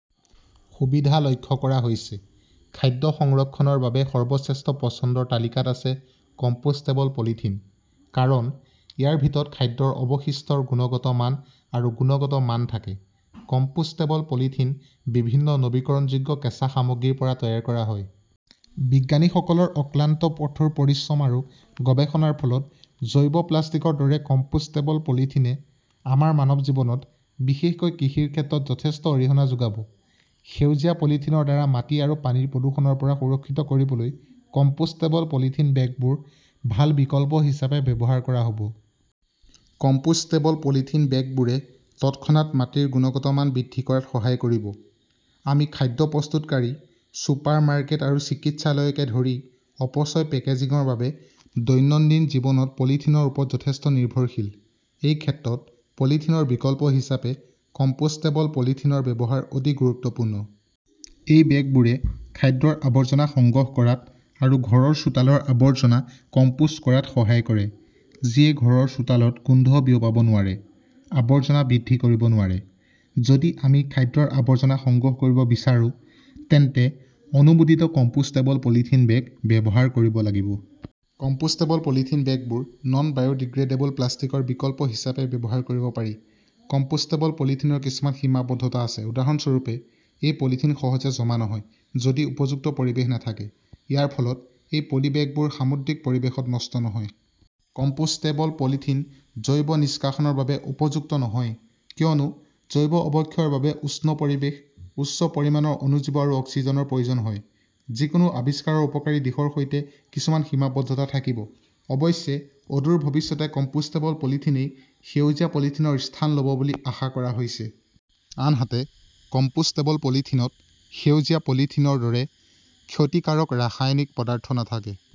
সুবিধা লক্ষ্য কৰা হৈছে। খাদ্য সংৰক্ষণৰ বাবে সৰ্বশ্ৰেষ্ঠ পছন্দৰ তালিকাত আছে কম্পোষ্টেবল পলিথিন। কাৰণ, ইয়াৰ ভিতৰত খাদ্যৰ অৱশিষ্টৰ গুণগত মান আৰু গুণগত মান থাকে। কম্পোষ্টেবল পলিথিন বিভিন্ন নৱীকৰণযোগ্য কেঁচা সামগ্ৰীৰ পৰা তৈয়াৰ কৰা হয়। বিজ্ঞানীসকলৰ অক্লান্ত কঠোৰ পৰিশ্ৰম আৰু গৱেষণাৰ ফলত জৈৱ প্লাষ্টিকৰ দৰে কম্পোষ্টেবল পলিথিনে আমাৰ মানৱ জীৱনত, বিশেষকৈ কৃষিৰ ক্ষেত্ৰত যথেষ্ট অৰিহণা যোগাব। সেউজীয়া পলিথিনৰ দ্বাৰা মাটি আৰু পানীৰ প্ৰদূষণৰ পৰা সুৰক্ষিত কৰিবলৈ কম্পোষ্টেবল পলিথিন বেগবোৰ ভাল বিকল্প হিচাপে ব্যৱহাৰ কৰা হ 'ব। কম্পোষ্টেবল পলিথিন বেগবোৰে তৎক্ষণাত মাটিৰ গুণগত মান বৃদ্ধি কৰাত সহায় কৰিব। আমি খাদ্য প্ৰস্তুতকাৰী, ছুপাৰ মাৰ্কেট আৰু চিকিৎসালয়কে ধৰি অপচয় পেকেজিংৰ বাবে দৈনন্দিন জীৱনত পলিথিনৰ ওপৰত যথেষ্ট নিৰ্ভৰশীল। এই ক্ষেত্ৰত পলিথিনৰ বিকল্প হিচাপে কম্পোষ্টেবল পলিথিনৰ ব্যৱহাৰ অতি গুৰুত্বপূৰ্ণ। এই বেগবোৰে খাদ্যৰ আৱৰ্জনা সংগ্ৰহ কৰাত আৰু ঘৰৰ চোতালৰ আৱৰ্জনা কম্পোষ্ট কৰাত সহায় কৰে, যিয়ে ঘৰৰ চোতালত গোন্ধ বিয়পাব নোৱাৰে, আৱৰ্জনা বৃদ্ধি কৰিব নোৱাৰে। যদি আমি খাদ্যৰ আৱৰ্জনা সংগ্ৰহ কৰিব বিচাৰো, তেন্তে অনুমোদিত কম্পোষ্টেবল পলিথিন বেগ ব্যৱহাৰ কৰিব লাগিব। কম্পোষ্টেবল পলিথিন বেগবোৰ নন-বায়োডিগ্ৰেডেবল প্লাষ্টিকৰ বিকল্প হিচাপে ব্যৱহাৰ কৰিব পাৰি। কম্পোষ্টেবল পলিথিনৰ কিছুমান সীমাবদ্ধতা আছে উদাহৰণস্বৰূপে এ পলিথিন সহজে জমা নহয়, যদি উপযুক্ত পৰিৱেশ নাথাকে। ইয়াৰ ফলত এই পলিবেগবোৰ সামুদ্ৰিক পৰিৱেশত নষ্ট নহয়। কম্পোষ্টেবল পলিথিন জৈৱ নিষ্কাশনৰ বাবে উপযুক্ত নহয়, কিয়নো জৈৱ অৱক্ষয়ৰ বাবে উষ্ণ পৰিৱেশ, উচ্চ পৰিমাণৰ অণুজীৱ আৰু অক্সিজেনৰ প্ৰয়োজন হয়। যিকোনো আৱিষ্কাৰৰ উপকাৰী দিশৰ সৈতে কিছুমান সীমাবদ্ধতা থাকিব। অৱশ্যে, অদূৰ ভৱিষ্যতে কম্পোষ্টেবল পলিথিনই সেউজীয়া পলিথিনৰ স্থান ল 'ব বুলি আশা কৰা হৈছে। আনহাতে, কম্পোষ্টেবল পলিথিনত সেউজীয়া পলিথিনৰ দৰে ক্ষতিকাৰক ৰাসায়নিক পদাৰ্থ নাথাকে।